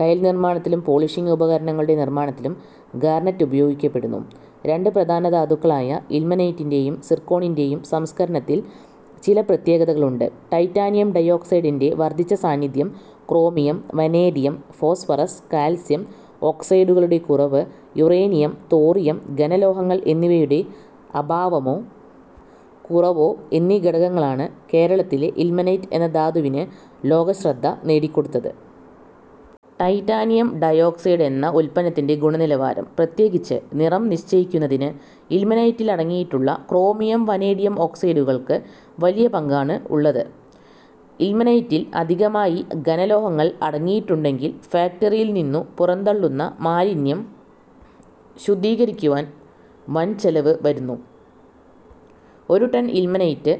ടൈൽനിർമ്മാണത്തിലും polishing ഉപകരണങ്ങളുടെ നിർമ്മാണത്തിലും garnet ഉപയോഗിക്കപ്പെടുന്നു. രണ്ട് പ്രധാന ധാതുക്കളായ ഇൽമനൈറ്റിന്റെയും സിർക്കോണിന്റെയും സംസ്കരണത്തിൽ ചില പ്രത്യേകതകളുണ്ട്. ടൈറ്റാനിയം ഡൈഓക്സൈഡിന്റെ വർധിച്ച സാന്നിധ്യം; ക്രോമിയം, വനേഡിയം, ഫോസ്ഫറസ്, കാൽസ്യം ഓക്സൈഡുകളുടെ കുറവ്; യുറേനിയം, തോറിയം, ഘനലോഹങ്ങൾ എന്നിവയുടെ അഭാവമോ കുറവോ എന്നീ ഘടകങ്ങളാണ് കേരളത്തിലെ ഇൽമനൈറ്റ് എന്ന ധാതുവിന് ലോകശ്രദ്ധ നേടിക്കൊടുത്തത്. ടൈറ്റാനിയം ഡൈഓക്സൈഡ് എന്ന ഉത്പന്നത്തിന്റെ ഗുണനിലവാരം, പ്രത്യേകിച്ച് നിറം, നിശ്ചയിക്കുന്നതിന് ഇൽമനൈറ്റിൽ അടങ്ങിയിട്ടുള്ള ക്രോമിയം, വനേഡിയം ഓക്സൈഡുകൾക്ക് വലിയ പങ്കാണുള്ളത്. ഇൽമനൈറ്റിൽ അധികമായി ഘനലോഹങ്ങൾ അടങ്ങിയിട്ടുണ്ടെങ്കിൽ ഫാക്റ്ററിയിൽനിന്നു പുറന്തള്ളുന്ന മാലിന്യം ശുദ്ധീകരിക്കുവാൻ വൻചെലവ് വരുന്നു. ഒരു ടൺ ഇൽമനൈറ്റ്,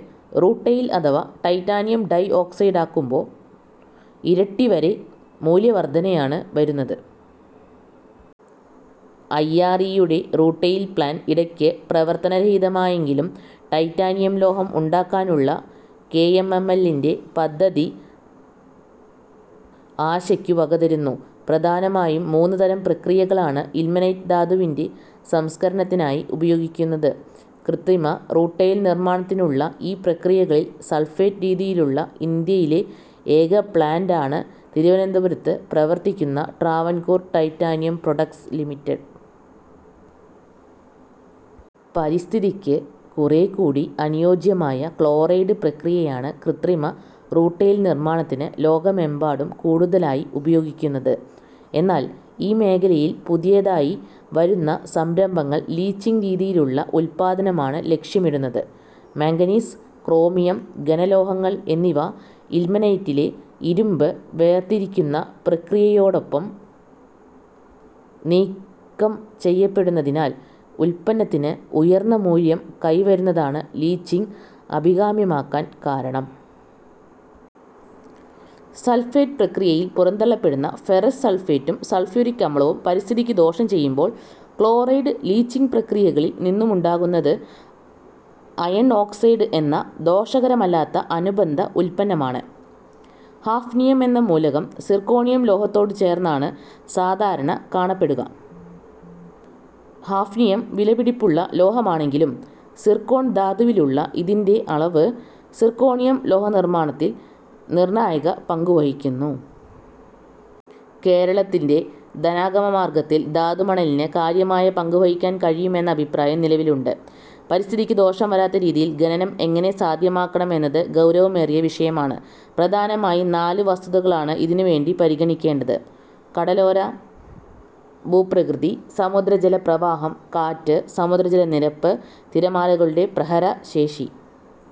റൂട്ടൈൽ അഥവാ ടൈറ്റാനിയം ഡൈഓക്സൈഡാക്കുമ്പോൾ ഇരട്ടി വരെ മൂല്യവർധനയാണ് വരുന്നത്. ഐ. ആർ. ഇ. യുടെ റൂട്ടൈൽ പ്ലാന്റ് ഇടയ്ക്ക് പ്രവർത്തന രഹിതമായെങ്കിലും ടൈറ്റാനിയം ലോഹം ഉണ്ടാക്കാനുള്ള കെ. എം. എം. എൽ-ന്റെ പദ്ധതി ആശയ്ക്കു വകതരുന്നു. പ്രധാനമായും മൂന്ന് തരം പ്രക്രിയകളാണ് ഇൽമനൈറ്റ് ധാതുവിന്റെ സംസ്കരണത്തിനായി ഉപയോഗിക്കുന്നത്. കൃത്രിമ റൂട്ടൈൽ നിർമ്മാണത്തിനുള്ള ഈ പ്രക്രിയകളിൽ സൾഫേറ്റ് രീതിയിലുള്ള ഇന്ത്യയിലെ ഏകപ്ലാന്റാണ് തിരുവനന്തപുരത്ത് പ്രവർത്തിക്കുന്ന ട്രാവൻകൂർ ടൈറ്റാനിയം പ്രോഡക്റ്റ്സ് ലിമിറ്റഡ്. പരിസ്ഥിതിക്ക് കുറേക്കൂടി അനുയോജ്യമായ ക്ലോറൈഡ് പ്രക്രിയയാണ് കൃത്രിമ റൂട്ടൈൽ നിർമ്മാണത്തിന് ലോകമെമ്പാടും കൂടുതലായി ഉപയോഗിക്കുന്നത്. എന്നാൽ ഈ മേഖലയിൽ പുതിയതായി വരുന്ന സംരംഭങ്ങൾ ലീച്ചിങ് രീതിയിലുള്ള ഉത്പാദനമാണ് ലക്ഷ്യമിടുന്നത്. മാങ്ഗനീസ്, ക്രോമിയം, ഘനലോഹങ്ങൾ എന്നിവ ഇൽമനൈറ്റിലെ ഇരുമ്പ് വേർതിരിക്കുന്ന പ്രക്രിയയോടൊപ്പം നീക്കം ചെയ്യപ്പെടുന്നതിനാൽ ഉത്പന്നത്തിന് ഉയർന്ന മൂല്യം കൈവരുന്നതാണ് ലീച്ചിങ് അഭികാമ്യമാകാൻ കാരണം. സൾഫേറ്റ് പ്രക്രിയയിൽ പുറന്തള്ളപ്പെടുന്ന ഫെറസ് സൾഫേറ്റും സൾഫ്യൂറിക് അമ്ലവും പരിസ്ഥിതിക്കു ദോഷം ചെയ്യുമ്പോൾ, ക്ലോറൈഡ്-ലീച്ചിങ് പ്രക്രിയകളിൽ നിന്നുമുണ്ടാകുന്നത് അയൺ ഓക്സൈഡ് എന്ന ദോഷകരമല്ലാത്ത അനുബന്ധ ഉത്പന്നമാണ്. ഹാഫ്നിയം എന്ന മൂലകം സിർക്കോണിയം ലോഹത്തോടു ചേർന്നാണ് സാധാരണ കാണപ്പെടുക. ഹാഫ്നിയം വിലപിടിപ്പുള്ള ലോഹമാണെങ്കിലും സിർക്കോൺ ധാതുവിലുള്ള ഇതിന്റെ അളവ് സിർക്കോണിയം ലോഹനിർമ്മാണത്തിൽ നിർണായക പങ്കുവഹിക്കുന്നു. കേരളത്തിന്റെ ധനാഗമ മാർഗ്ഗത്തിൽ ധാതുമണലിന് കാര്യമായ പങ്കു വഹിക്കാൻ കഴിയും എന്ന അഭിപ്രായം നിലവിലുണ്ട്. പരിസ്ഥിതിക്കു ദോഷം വരാത്ത രീതിയിൽ ഖനനം എങ്ങനെ സാധ്യമാക്കണം എന്നത് ഗൌരവമേറിയ വിഷയമാണ്. പ്രധാനമായും നാല് വസ്തുതകളാണ് ഇതിനുവേണ്ടി പരിഗണിക്കേണ്ടത്: കടലോര ഭൂപ്രകൃതി, സമുദ്രജല പ്രവാഹം, കാറ്റ്, സമുദ്രജല നിരപ്പ്, തിരമാലകളുടെ പ്രഹരശേഷി